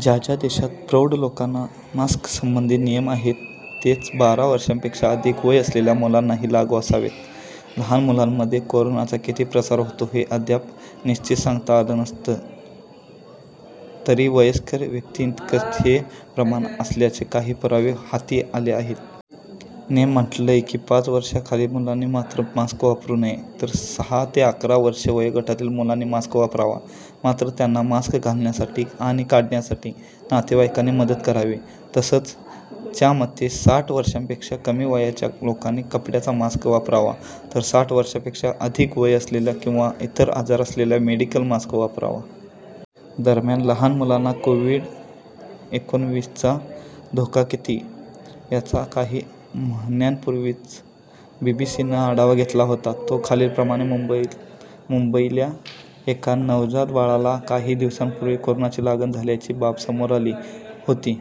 ज्या ज्या देशात प्रौढ लोकांना मास्कसंबंधी नियम आहेत, तेच बारा वर्षांपेक्षा अधिक वय असलेल्या मुलांनाही लागू असावेत. लहान मुलांमध्ये कोरोनाचा किती प्रसार होतो हे अद्याप निश्चित सांगता आलं नसलं तरी वयस्कर व्यक्तींइतकंच हे प्रमाण असल्याचे काही पुरावे हाती आले आहेत. ने म्हटलंय की पाच वर्षांखालील मुलांनी मात्र मास्क वापरू नये. तर सहा ते अकरा वर्षे वयोगटातील मुलांनी मास्क वापरावा, मात्र त्यांना मास्क घालण्यासाठी आणि काढण्यासाठी नातेवाईकांनी मदत करावी. तसंच, च्या मते साठ वर्षांपेक्षा कमी वयाच्या लोकांनी कपड्याचा मास्क वापरावा तर साठ वर्षांपेक्षा अधिक वय असलेल्या किंवा इतर आजार असलेल्यांनी मेडिकल मास्क वापरावा. दरम्यान लहान मुलांना कोव्हिड-एकोणविस चा धोका किती? याचा काही महिन्यांपूर्वीच बीबीसीनं आढावा घेतला होता, तो खालीलप्रमाणे मुंबईल्या एका नवजात बाळाला काही दिवसांपूर्वी कोरोनाची लागण झाल्याची बाब समोर आली होती.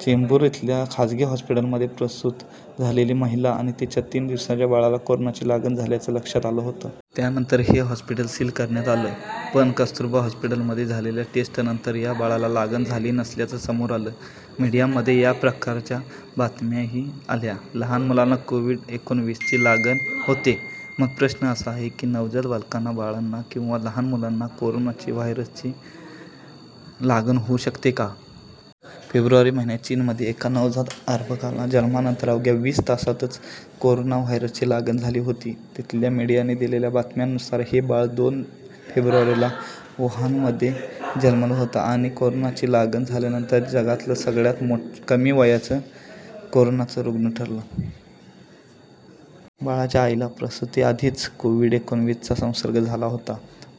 चेंबूर इथल्या खासगी हॉस्पिटलमध्ये प्रसूत झालेली महिला आणि तिच्या तीन दिवसांच्या बाळाला कोरोनाची लागण झाल्याचं लक्षात आलं होतं. त्यानंतर हे हॉस्पिटल सील करण्यात आलं. पण कस्तुरबा हॉस्पिटलमध्ये झालेल्या टेस्ट नंतर या बाळाला लागण झाली नसल्याचं समोर आलं. मीडियामध्ये या प्रकारच्या बातम्याही आल्या. लहान मुलांना कोव्हिड-एकोणविस ची लागण होते? मग प्रश्न असा आहे की नवजात बालकांना, बाळांना किंवा लहान मुलांना कोरोना व्हायरसची लागण होऊ शकते का? फेब्रुवारी महिन्यात चीनमध्ये एका नवजात अर्भकाला जन्मानंतर अवघ्या वीस तासातच कोरोना व्हायरसची लागण झाली होती. तिथल्या मीडियाने दिलेल्या बातम्यांनुसार हे बाळ दोन फेब्रुवारीला वुहानमध्ये जन्मलं होतं आणि कोरोनाची लागण झाल्यानंतर जगातलं सगळ्यात कमी वयाचं कोरोनाचं रूग्ण ठरलं. बाळाच्या आईला प्रसुतीआधीच कोविड-एकोणविस चा संसर्ग झाला होता.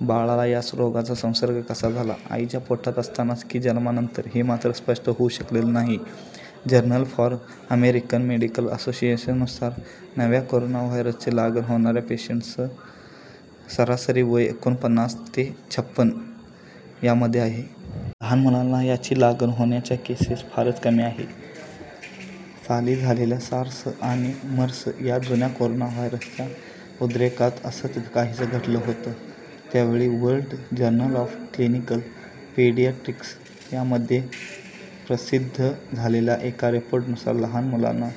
बाळाला या रोगाचा संसर्ग कसा झाला, आईच्या पोटात असतानाच की जन्मल्यानंतर हे मात्र स्पष्ट होऊ शकलेलं नाही. जर्नल फॉर अमेरिकन मेडिकल असोसिएशननुसार नव्या कोरोना व्हायरसची लागण होणाऱ्या पेशंट्सचं सरासरी वय एकोणपन्नास ते छपण यामध्ये आहे. लहान मुलांना याची लागण होण्याच्या केसेस फारच कमी आहे. साली झालेल्या सार्स आणि मर्स या जुन्या कोरोना व्हायरसच्या उद्रेकात असंच काहीसं घडलं होतं. त्यावेळी World Journal of Clinical Pediatrics यामध्ये प्रसिद्ध झालेल्या एका रिपोर्टनुसार लहान मुलांना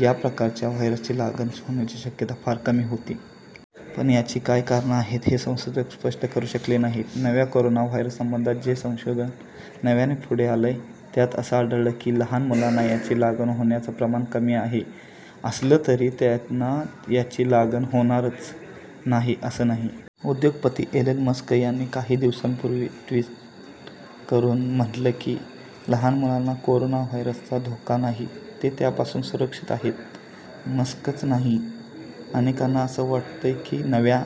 या प्रकारच्या व्हायरसची लागण होण्याची शक्यता फारच कमी होती. पण याची काय कारणं आहेत हे संशोधक स्पष्ट करू शकले नाहीत. नव्या कोरोना व्हायरससंबंधात जे संशोधन नव्याने पुढे आलंय त्यात असं आढळलं की लहान मुलांना याची लागण होण्याचं प्रमाण कमी आहे असलं तरी त्यांना याची लागण होणारच नाही असं नाही. उद्योगपती एलन मस्क यांनी काही दिवसांपूर्वी ट्वीट करून म्हटलं की, लहान मुलांना कोरोना व्हायरसचा धोका नाही, ते त्यापासून सुरक्षित आहेत. मस्कच नाही, अनेकांना असं वाटतंय की नव्या